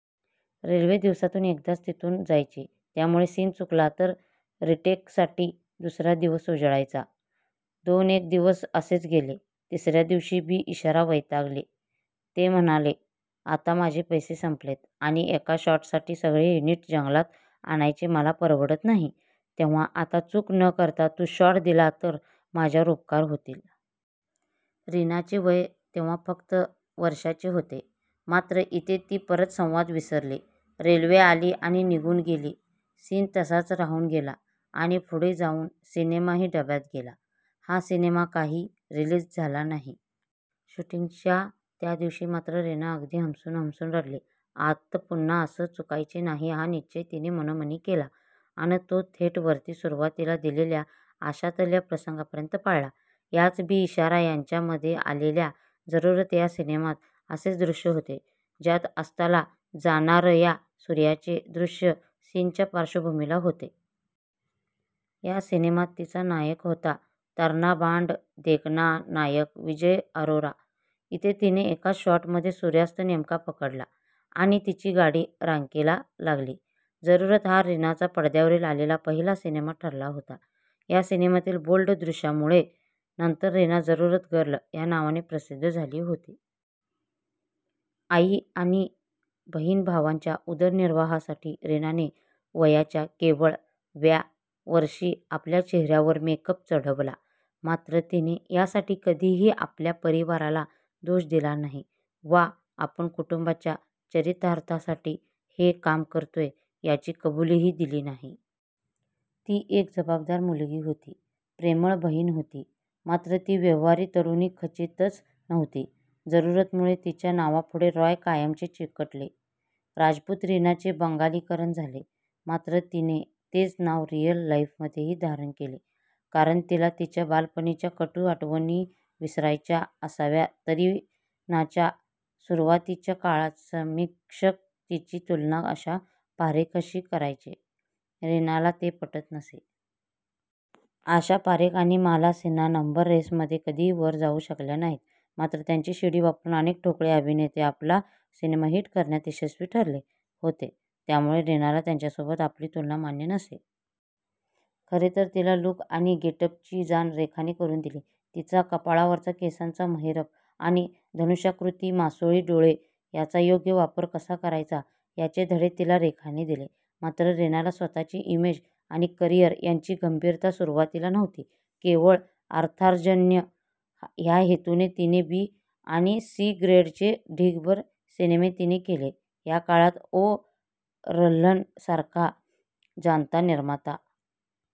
Railway दिवसातून एकदाच तिथून जायची. त्यामुळे सीन चुकला तर रिटेकसाठी दुसरा दिवस उजडायचा. दोनेक दिवस असेच गेले, तिसरया दिवशी बी. इशारा वैतागले ते म्हणाले आता माझे पैसे संपलेत आणि एका शॉटसाठी सगळे युनिट जंगलात आणायचे मला परवडत नाही तेंव्हा आता चूक न करता तू शॉट दिला तर माझ्यावर उपकार होतील. रीनाचे वय तेंव्हा फक्त वर्षांचे होते! मात्र इथे ती परत संवाद विसरली, रेल्वे आली आणि निघून गेली. सीन तसाच राहून गेला आणि पुढे जाऊन सिनेमाही डब्यात गेला. हा सिनेमा काही रिलीज झाला नाही. शुटींगच्या त्या दिवशी मात्र रीना अगदी हमसून हमसून रडली. आत पुन्हा असं चुकायचे नाही हा निश्चय तिने मनोमनी केला अन तो थेट वरती सुरुवातीला दिलेल्या 'आशा'तल्या प्रसंगापर्यंत पाळला! याच बी. इशारा यांच्या मध्ये आलेल्या 'जरुरत' या सिनेमात असेच दृश्य होते ज्यात अस्ताला जाणारया सूर्याचे दृश्य सीनच्या पार्श्वभूमीला होते. या सिनेमात तिचा नायक होता तरणाबांड देखणा नायक विजय अरोरा! इथे तिने एकाच शॉटमध्ये सूर्यास्त नेमका पकडला आणि तिची गाडी रांकेला लागली. 'जरुरत' हा रीनाचा पडद्यावर आलेला पहिला सिनेमा ठरला होता. या सिनेमातील बोल्ड दृश्यामुळे नंतर रीना 'जरुरत गर्ल' या नावाने प्रसिद्ध झाली होती. आई आणि बहिण-भावांच्या उदरनिर्वाहासाठी रीनाने वयाच्या केवळ व्या वर्षी आपल्या चेहऱ्यावर मेकअप चढवला मात्र तिने यासाठी कधीही आपल्या परिवाराला दोष दिला नाही वा आपण कुटुंबाच्या चरितार्थासाठी हे काम करतोय याची कबुलीही दिली नाही. ती एक जबाबदार मुलगी होती, प्रेमळ बहिण होती मात्र ती व्यवहारी तरुणी खचितच नव्हती! जरुरतमुळे तिच्या नावापुढे रॉय कायमचे चिकटले. राजपूत रीनाचे बंगालीकरण झाले, मात्र तिने तेच नाव रिअल लाईफमध्येही धारण केले कारण तिला तिच्या बालपणीच्या कटू आठवणीविसरायच्या असाव्यातरीनाच्या सुरुवातीच्या काळात समीक्षक तिची तुलना आशा पारेखशी करायचे, रीनाला ते पटत नसे. आशा पारेख आणि माला सिन्हा नंबर रेसमध्ये कधीही वर जाऊ शकल्या नाहीत मात्र त्यांची शिडी वापरून अनेक ठोकळे अभिनेते आपला सिनेमा हिट करण्यात यशस्वी ठरले होते त्यामुळे रीनाला त्यांच्यासोबत आपली तुलना मान्य नसे. खरे तर तिला 'लुक' आणि 'गेटअप'ची जाण रेखाने करून दिली. तिचा कपाळावरचा केसांचा महिरप आणि धनुष्याकृती मासोळी डोळे याचा योग्य वापर कसा करायचा याचे धडे तिला रेखाने दिले. मात्र रीनाला स्वतःची इमेज आणि करीअर यांची गंभीरता सुरुवातीला नव्हती, केवळ अर्थार्जन ह्या हेतूने तिने बी आणि सी ग्रेडचे ढीगभर सिनेमे तिने केले. या काळात ओ. रल्हन सारखा जाणता निर्माता